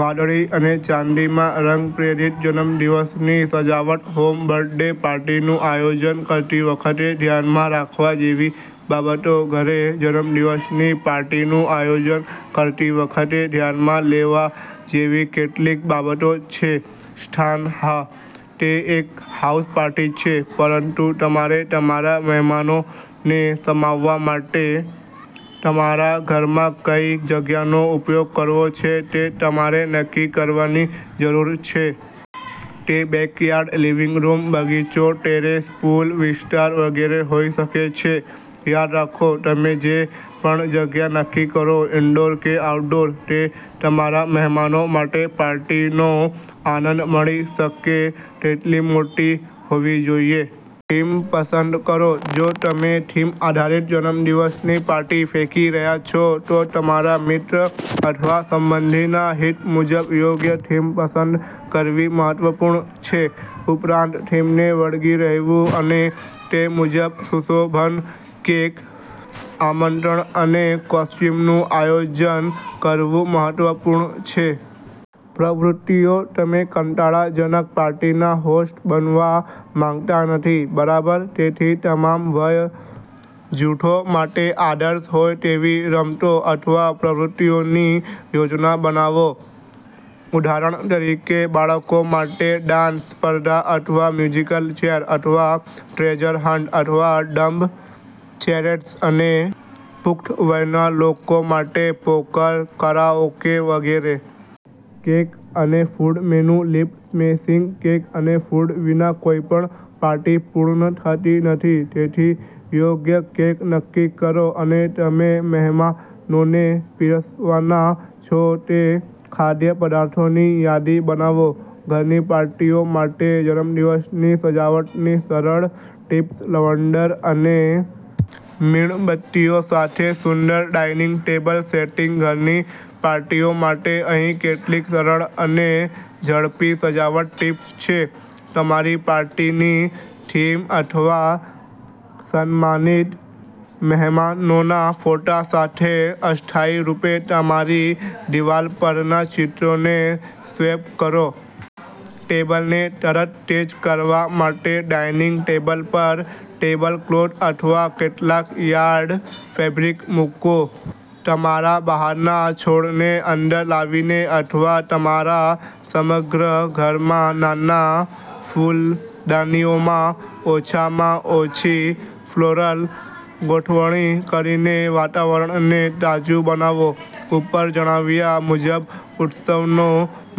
વાદળી અને ચાંદીમાં રંગ-પ્રેરિત જન્મદિવસની સજાવટ હોમ બર્થડે પાર્ટીનું આયોજન કરતી વખતે ધ્યાનમાં રાખવા જેવી બાબતો ઘરે જન્મદિવસની પાર્ટીનું આયોજન કરતી વખતે ધ્યાનમાં લેવા જેવી કેટલીક બાબતો છે સ્થાન હા, તે એક હાઉસ પાર્ટી છે પરંતુ તમારે તમારા મહેમાનોને સમાવવા માટે તમારા ઘરમાં કઈ જગ્યાનો ઉપયોગ કરવો છે તે તમારે નક્કી કરવાની જરૂર છે. તે બેકયાર્ડ, લિવિંગ રૂમ, બગીચો, ટેરેસ, પૂલ વિસ્તાર વગેરે હોઈ શકે છે. યાદ રાખો, તમે જે પણ જગ્યા નક્કી કરો- ઇન્ડોર કે આઉટડોર, તે તમારા મહેમાનો માટે પાર્ટીનો આનંદ માણી શકે તેટલી મોટી હોવી જોઈએ. થીમ પસંદ કરો જો તમે થીમ આધારિત જન્મદિવસની પાર્ટી ફેંકી રહ્યા છો, તો તમારા મિત્ર અથવા સંબંધીના હિત મુજબ યોગ્ય થીમ પસંદ કરવી મહત્વપૂર્ણ છે. ઉપરાંત, થીમને વળગી રહેવું અને તે મુજબ સુશોભન, કેક, આમંત્રણ અને કોસ્ચ્યુમનું આયોજન કરવું મહત્વપૂર્ણ છે. પ્રવૃત્તિઓ તમે કંટાળાજનક પાર્ટીના હોસ્ટ બનવા માંગતા નથી, બરાબર? તેથી, તમામ વય જૂથો માટે આદર્શ હોય તેવી રમતો અથવા પ્રવૃત્તિઓની યોજના બનાવો. ઉદાહરણ તરીકે, બાળકો માટે ડાન્સ સ્પર્ધા અથવા મ્યુઝિકલ ચેર અથવા ટ્રેઝર હન્ટ અથવા ડમ્બ ચૅરેડ્સ અને પુખ્ત વયના લોકો માટે પોકર, કરાઓકે વગેરે. કેક અને ફૂડ મેનૂ લિપ-સ્મેશિંગ કેક અને ફૂડ વિના કોઈપણ પાર્ટી પૂર્ણ થતી નથી. તેથી, યોગ્ય કેક નક્કી કરો અને તમે મહેમાનોને પીરસવાના છો તે ખાદ્યપદાર્થોની યાદી બનાવો. ઘરની પાર્ટીઓ માટે જન્મદિવસની સજાવટની સરળ ટિપ્સ લવંડર અને મીણબત્તીઓ સાથે સુંદર ડાઇનિંગ ટેબલ સેટિંગ ઘરની પાર્ટીઓ માટે અહીં કેટલીક સરળ અને ઝડપી સજાવટ ટિપ્સ છે તમારી પાર્ટીની થીમ અથવા સન્માનિત મહેમાનોના ફોટા સાથે અસ્થાયી રૂપે તમારી દિવાલ પરના ચિત્રોને સ્વેપ કરો. ટેબલને તરતતેજ કરવા માટે ડાઇનિંગ ટેબલ પર ટેબલક્લોથ અથવા કેટલાક યાર્ડ ફેબ્રિક મૂકો. તમારા બહારના છોડને અંદર લાવીને અથવા તમારા સમગ્ર ઘરમાં નાના ફૂલદાનીઓમાં ઓછામાં ઓછી ફ્લોરલ ગોઠવણી કરીને વાતાવરણને તાજું બનાવો. ઉપર જણાવ્યા મુજબ, ઉત્સવનો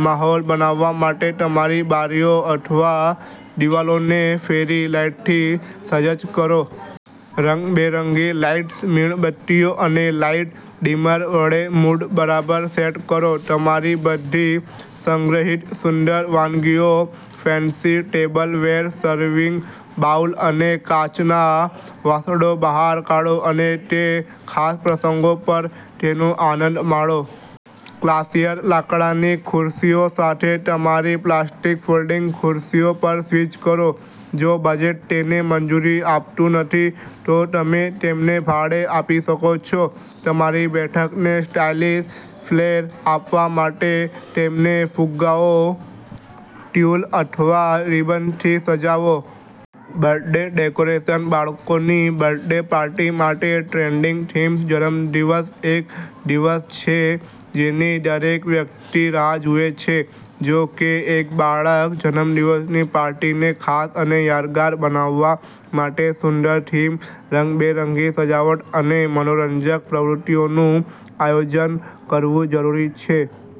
માહોલ બનાવવા માટે તમારી બારીઓ અથવા દિવાલોને ફેરી લાઇટથી સજ્જ કરો. રંગબેરંગી લાઇટ્સ, મીણબત્તીઓ અને લાઇટ ડિમર વડે મૂડ બરાબર સેટ કરો. તમારી બધી સંગ્રહિત સુંદર વાનગીઓ, ફેન્સી ટેબલવેર, સર્વિંગ બાઉલ અને કાચનાં વાસણો બહાર કાઢો અને તે ખાસ પ્રસંગો પર તેનો આનંદ માણો. ક્લાસિયર લાકડાની ખુરશીઓ સાથે તમારી પ્લાસ્ટિક ફોલ્ડિંગ ખુરશીઓ પર સ્વિચ કરો. જો બજેટ તેને મંજૂરી આપતું નથી, તો તમે તેમને ભાડે આપી શકો છો. તમારી બેઠકને સ્ટાઇલિશ ફ્લેર આપવા માટે તેમને ફુગ્ગાઓ, ટ્યૂલ અથવા રિબનથી સજાવો. બર્થડે ડેકોરેશન બાળકોની બર્થડે પાર્ટી માટે ટ્રેન્ડિંગ થીમ્સ જન્મદિવસ એક દિવસ છે જેની દરેક વ્યક્તિ રાહ જુએ છે. જો કે, એક બાળક જન્મદિવસની પાર્ટીને ખાસ અને યાદગાર બનાવવા માટે સુંદર થીમ, રંગબેરંગી સજાવટ અને મનોરંજક પ્રવૃત્તિઓનું આયોજન કરવું જરૂરી છે.